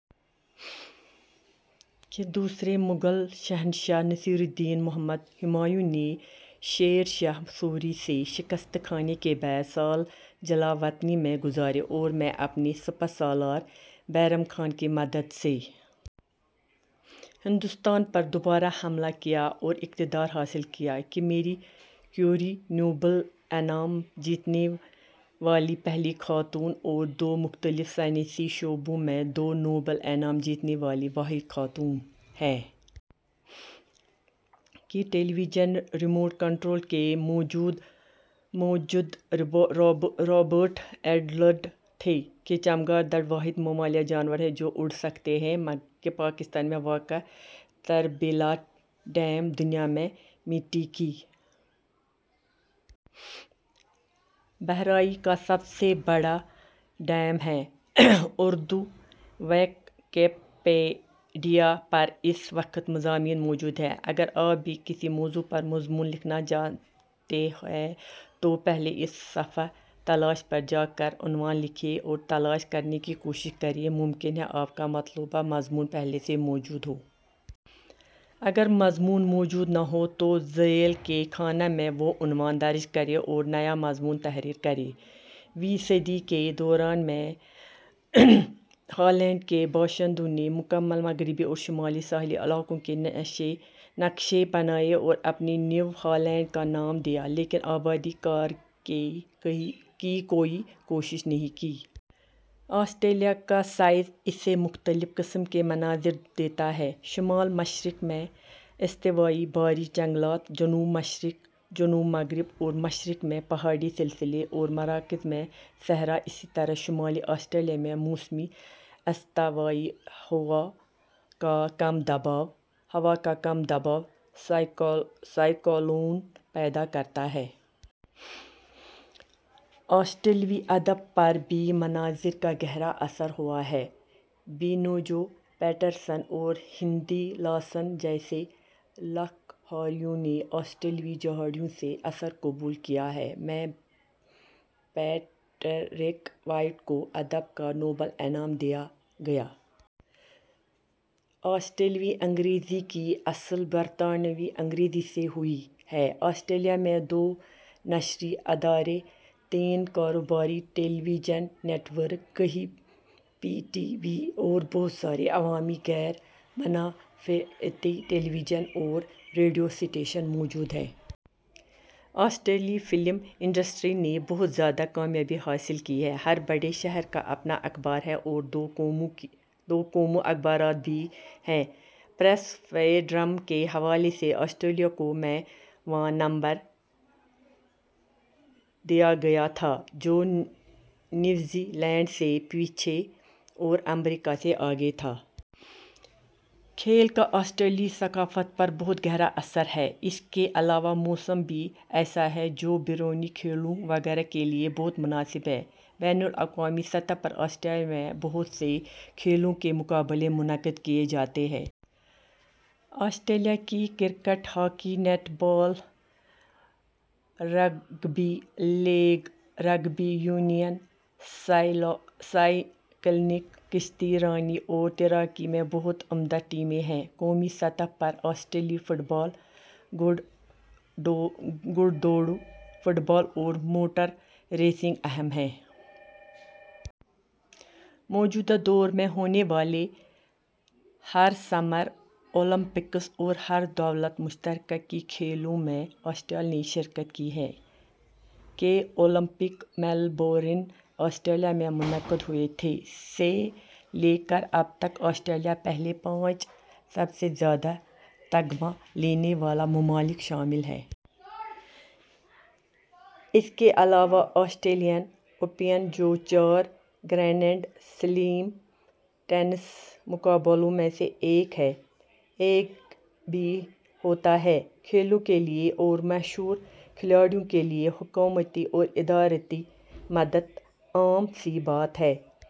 … کہ دوسرے مغل شہنشاہ نصیر الدین محمد ہمایوں نے شیر شاہ سوری سے شکست کھانے کے بعد سال جلاوطنی میں گزارے اور ء میں اپنے سپہ سالار بیرم خان کی مدد سے ہندوستان پر دوبارہ حملہ کیا اور اقتدار حاصل کیا؟… کہ میری کیوری نوبل انعام جیتنے والی پہلی خاتون اور دو مختلف سائنسی شعبوں میں دو نوبل انعام جیتنے والی واحد خاتون ہیں؟… کہ ٹیلی ویژن ریموٹ کنٹرول کے موجد رابرٹ ایڈلر تھے؟… کہ چمگادڑ واحد ممالیہ جانور ہے جو اڑ سکتے ہیں؟… کہ پاکستان میں واقع تربیلا ڈیم دنیا میں مٹی کی بھرائی کا سب سے بڑا ڈیم ہے؟ اردو ویکیپیڈیا پر اس وقت مضامین موجود ہیں، اگر آپ بھی کسی موضوع پر مضمون لکھنا چاہتے ہیں تو پہلے اس صفحۂ تلاش پر جا کر عنوان لکھیے اور تلاش کرنے کی کوشش کریں، ممکن ہے آپ کا مطلوبہ مضمون پہلے سے موجود ہو۔ اگر مضمون موجود نہ ہو تو ذیل کے خانہ میں وہ عنوان درج کریں اور نیا مضمون تحریر کریں۔ ویں صدی کے دوران میں ہالینڈ کے باشندوں نے مکمل مغربی اورشمالی ساحلی علاقوں کے نقشے بنائے اور اسے نیو ہالینڈ کا نام دیا لیکن آبادکاری کی کوئی کوشش نہیں کی۔ آسٹریلیا کا سائز اسے مختلف قسم کے مناظر دیتا ہے، شمال مشرق میں استوائی بارشی جنگلات، جنوب مشرق، جنوب مغرب اور مشرق میں پہاڑی سلسلے اور مرکز میں صحرا۔ اسی طرح شمالی آسٹریلیا میں موسمی استوائی ہوا کا کم دباؤ سائیکلون پیدا کرتا ہے۔ آسٹریلوی ادب پر بھی مناظر کا گہرا اثر ہوا ہے۔ بینجو پیٹرسن اور ہنری لاسن جیسے لکھاریوں نے آسٹریلوی جھاڑیوں سے اثر قبول کیا ہے۔ ء میں پیٹرک وائٹ کو ادب کا نوبل انعام دیا گیا۔ آسٹریلوی انگریزی کی اصل برطانوی انگریزی سے ہوئی ہے۔ آسٹریلیا میں دو نشری ادارے، تین کاروباری ٹیلی ویژن نیٹ ورک، کئی پے ٹی وی اور بہت سارے عوامی، غیر منافعتی ٹیلی ویژن اور ریڈیو اسٹیشن موجود ہیں۔ آسٹریلوی فلم انڈسٹری نے بہت زیادہ کامیابی حاصل کی ہے۔ ہر بڑے شہر کا اپنا اخبار ہے اور دو قومی اخبارات بھی ہیں۔ پریس فریڈم کے حوالے سے آسٹریلیا کو ء میں واں نمبر دیا گیا تھا جو نیوزی لینڈ سے پیچھے اور امریکا سے آگے تھا۔ کھیل کا آسٹریلوی ثقافت پر بہت گہرا اثر ہے۔ اس کے علاوہ موسم بھی ایسا ہے جو بیرونی کھیلوں وغیرہ کے لیے بہت مناسب ہے۔ بین الاقوامی سطح پر آسٹریلیا میں بہت سے کھیلوں کے مقابلے منعقد کیے جاتے ہیں۔ آسٹریلیا کی cricket, hockey, netball, rugby league, rugby union, cycling, کشتی رانی اور تیراکی میں بہت عمدہ ٹیمیں ہیں۔ قومی سطح پر آسٹریلوی فٹ بال، گھڑ دوڑ، فٹ بال اور موٹر ریسنگ اہم ہیں۔ موجودہ دور میں ہونے والے ہر سمر اولمپک اور ہر دولت مشترکہ کی کھیلوں میں آسٹریلیا نے شرکت کی ہے۔ ء کے اولمپک میلبورن، آسٹریلیا میں منعقد ہوئے تھے۔ ء سے لے کر اب تک آسٹریلیا پہلے پانچ سب سے زیادہ تمغا لینے والے ممالک میں شامل ہے۔ اس کے علاوہ آسٹریلین اوپن جو چار گرینڈ سلیم ٹینس مقابلوں میں سے ایک ہے، بھی ہوتا ہے۔ کھیلوں کے لیے اور مشہور کھلاڑیوں کے لیے حکومتی اور اداراتی مدد عام سی بات ہے۔